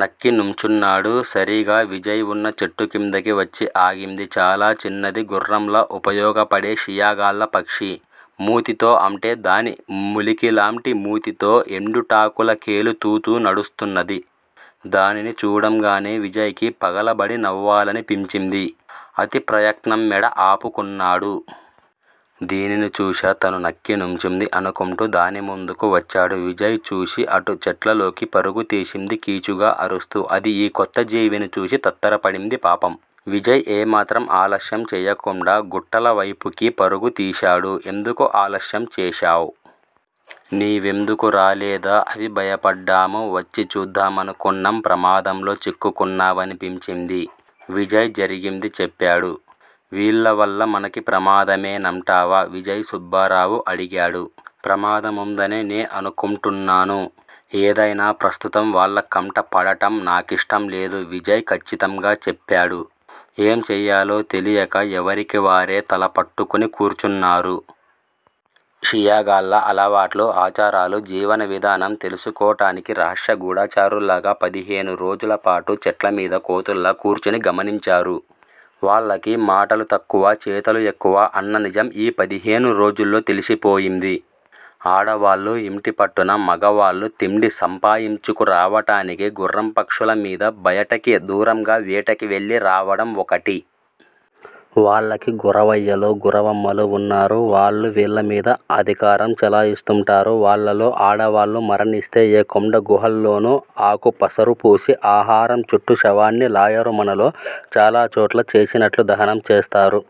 నక్కి నుంచున్నాడు. సరీగ విజయ్ వున్న చెట్టుకిందికి వచ్చి ఆగింది చాలా చిన్నది గుర్రంలా ఉపయోగపడే షియ్యాగాళ్ళ పక్షి. మూతి తో అంటే దాని ములికిలాంటి మూతితో ఎండుటాకులకేలుతుతూ నడుస్తున్నది. దానిని చూడంగానే విజయ్ కి పగలబడి నవ్వాలని పించింది. అతి ప్రయత్నం మెడ ఆపుకున్నాడు. దీనిని చూశా తను నక్కి నుంచుంది? అనుకుంటూ దాని ముందుకు వచ్చాడు. విజయ్ చూసి అటు చెట్లలోకి పరుగుతీసింది కీచుగా అరుస్తూ అదీ యీ కొత్త జీవిని చూసి తత్తరపడింది పాపం. విజయ్ ఏమాత్రం ఆలస్యం చేయకుండా గుట్టల వైపుకి పరుగుతీశాడు. ఎందుకు ఆలస్యం చేశావ్? నీవెందుకు రాలేదా అవిభయపడ్డాము వచ్చి చూద్దామనుకున్నాం ప్రమాదంలో చిక్కుకున్నావనిపించింది. విజయ్ జరిగింది చెప్పాడు. వీళ్ళ వల్ల మనకి ప్రమాదమే నంటావా విజయ్ సుబ్బారావు అడిగాడు. ప్రమాదముందనే నే అనుకుంటున్నాను. ఏదైనా ప్రస్తుతం వాళ్ళకంటపడటం నాకిష్టంలేదు విజయ్ కచ్చితంగా చెప్పాడు. ఏంచేయాలో తెలియక ఎవరికివారే తలపట్టుకుని కూర్చున్నారు. షీయ్యాగాళ్ళ అలవాట్లు ఆచారాలు జీవన విధానం తెలుసుకోటానికి రహస్య గూఢచారుల్లాగా పదిహేను రోజులపాటు చెట్లమీద కోతుల్లా కూర్చుని గమనించారు. వాళ్ళకి మాటలు తక్కువ చేతలు ఎక్కువ అన్ననిజం ఈపదిహేను రోజుల్లో తెలిసిపోయింది. ఆడవాళ్ళు యింటిపట్టున మగవాళ్ళు తిండి సంపాయించుకు రావటానికి గుర్రంపక్షుల మీద బయటకి దూరంగా వేటకి వెళ్ళి రావడం వొకటి. వాళ్ళకి గురవయ్యలు గురవమ్మలు ఉన్నారు. వాళ్ళు వీల్లమీద అధికారం చేలయిస్తుంటారు. వాళ్ళల్లో ఆడవాళ్ళు మరణిస్తే ఏ కొండగుహా ల్లోనూ అకుపసారుపూసి ఆహారం చుట్టూ శవాన్ని లాయరు మనలో చాలా చోట్ల చేసినట్లు దహనం చేస్తారు.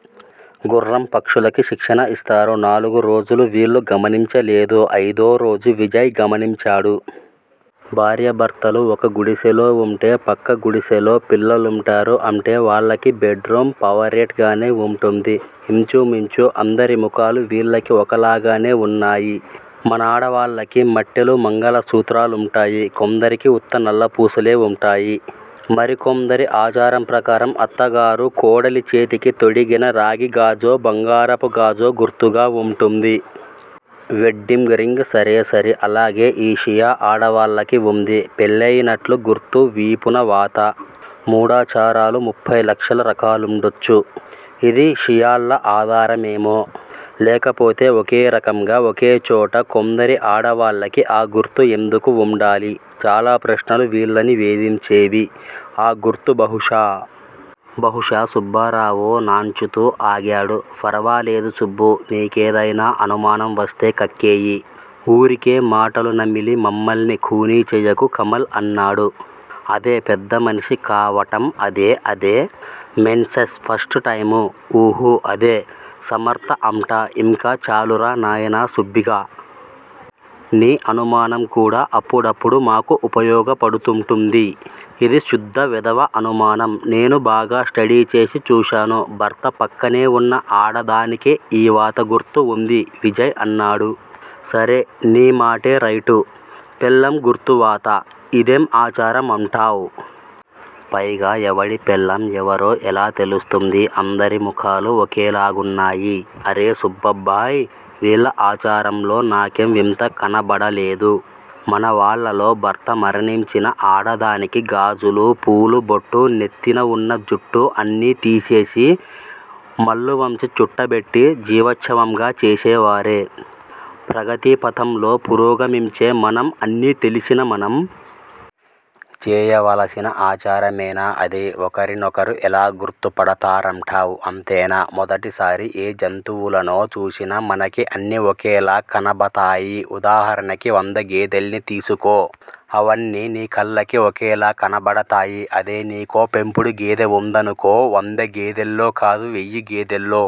గుర్రం పక్షులకి శిక్షణ ఇస్తారు. నాలుగురోజులు వీళ్ళు గమనించలేదు. అయిదోరోజు విజయ్ గమనించాడు. భార్యాభర్తలు ఒక గుడిసెలో వుంటే పక్క గుడిసెలో పిల్లలుంటారు. అంటే వాళ్ళకి బెడ్ రూమ్ పవరేట్ గానే వుంటుంది. ఇంచుమించు అందరి ముఖాలు వీళ్ళకి ఒకలాగానే ఉన్నాయి మనాడవాళ్ళకి మట్టెలు మంగలసూత్రాలుంటాయి కొందరికి ఉత్త నల్లపూసలే వుంటాయి మరికొందరిఆచారం ప్రకారం అత్తగారు కోడలిచేతికి తొడిగిన రాగి గాజో బంగారపు గాజో గుర్తుగా వుంటుంది. వెడ్డింగ్ రింగ్ సరేసరి. అలాగే ఈ షియ్యా ఆడవాళ్ళకి వుంది పెళ్ళయినట్లు గుర్తు వీపునవాత. మూఢాచారాలు ముప్ఫైలక్షల రకాలుండొచ్చు. ఇది షీయ్యాళ ఆధారమేమో! లేకపోతే ఒకేరకంగా ఒకేచోట కొందరి ఆడవాళ్ళకి అ గుర్తు ఎందుకు వుండాలి! చాలా ప్రశ్నలు వీళ్ళని వేధించేవి. ఆ గుర్తు బహుశా! బహుశా! సుబ్బారావు నాన్చుతూ ఆగాడు. ఫరవాలేదు సుబ్బూ! నీకేదైనా అనుమానంవస్తే కక్కేయి. వూరికే మాటలు నమిలి మమ్మల్ని ఖూనీ చెయ్యకు కమల్ అన్నాడు. అదే పెద్దమనిషి కావటం అదే అదే మెన్సస్ ఫస్ట్ టైము ఉహూ అదే సమర్త అంటా ఇంక చాలురా నాయనా సుబ్భిగా! నీ అనుమానం కూడా అప్పుడప్పుడు మాకు ఉపయోగపడుతుంటుంది. ఇది సుద్ద వెధవ అనుమానం. నేను బాగా స్టడీ చేసి చూశాను భర్త పక్కనే వున్న ఆడదానికే యీ వాత గుర్తు ఉంది విజయ్ అన్నాడు. సరే నీ మాటేరైటు. పెళ్ళాం గుర్తువాత. ఇదేం ఆచారం అంటావ్? పైగా ఎవడి పెళ్ళాం ఎవరో ఎలా తెలుస్తుంది అందరి ముఖాలు ఒకేలాగున్నాయి! అరే సుబ్బబ్బాయ్! వీళ్ళ ఆచారంలో నాకేం వింత కనబడలేదు. మన వాళ్ళలో భర్త మరణించిన ఆడదానికి గాజులు పూలుబొట్టునెత్తినవున్న జుట్టు అన్నీ తీసేసి మల్లువంచ చుట్టబెట్టి జీవశ్చవంగా చేసేవారే. ప్రగతిపథంలో పురోగమించే మనం అన్నీ తెలిసిన మనం. చేయవలసిన అచారమేనా అది? ఒకరినొకరు ఎలా గుర్తుపడతారం టావ్? అంతేనా? మొదటిసారి ఏ జంతువులనో చూసిన మనకి అన్నీ ఒకేలా కనబతాయి. ఉదాహరణకి వంద గేదెల్ని తీసుకో అవన్నీ నీకళ్ళకి ఒకేలా కనబడతాయి అదే నీకో పెంపుడు గేదె వుందనుకో వందగేదేల్లోకాదు వెయ్యిగేదేల్లో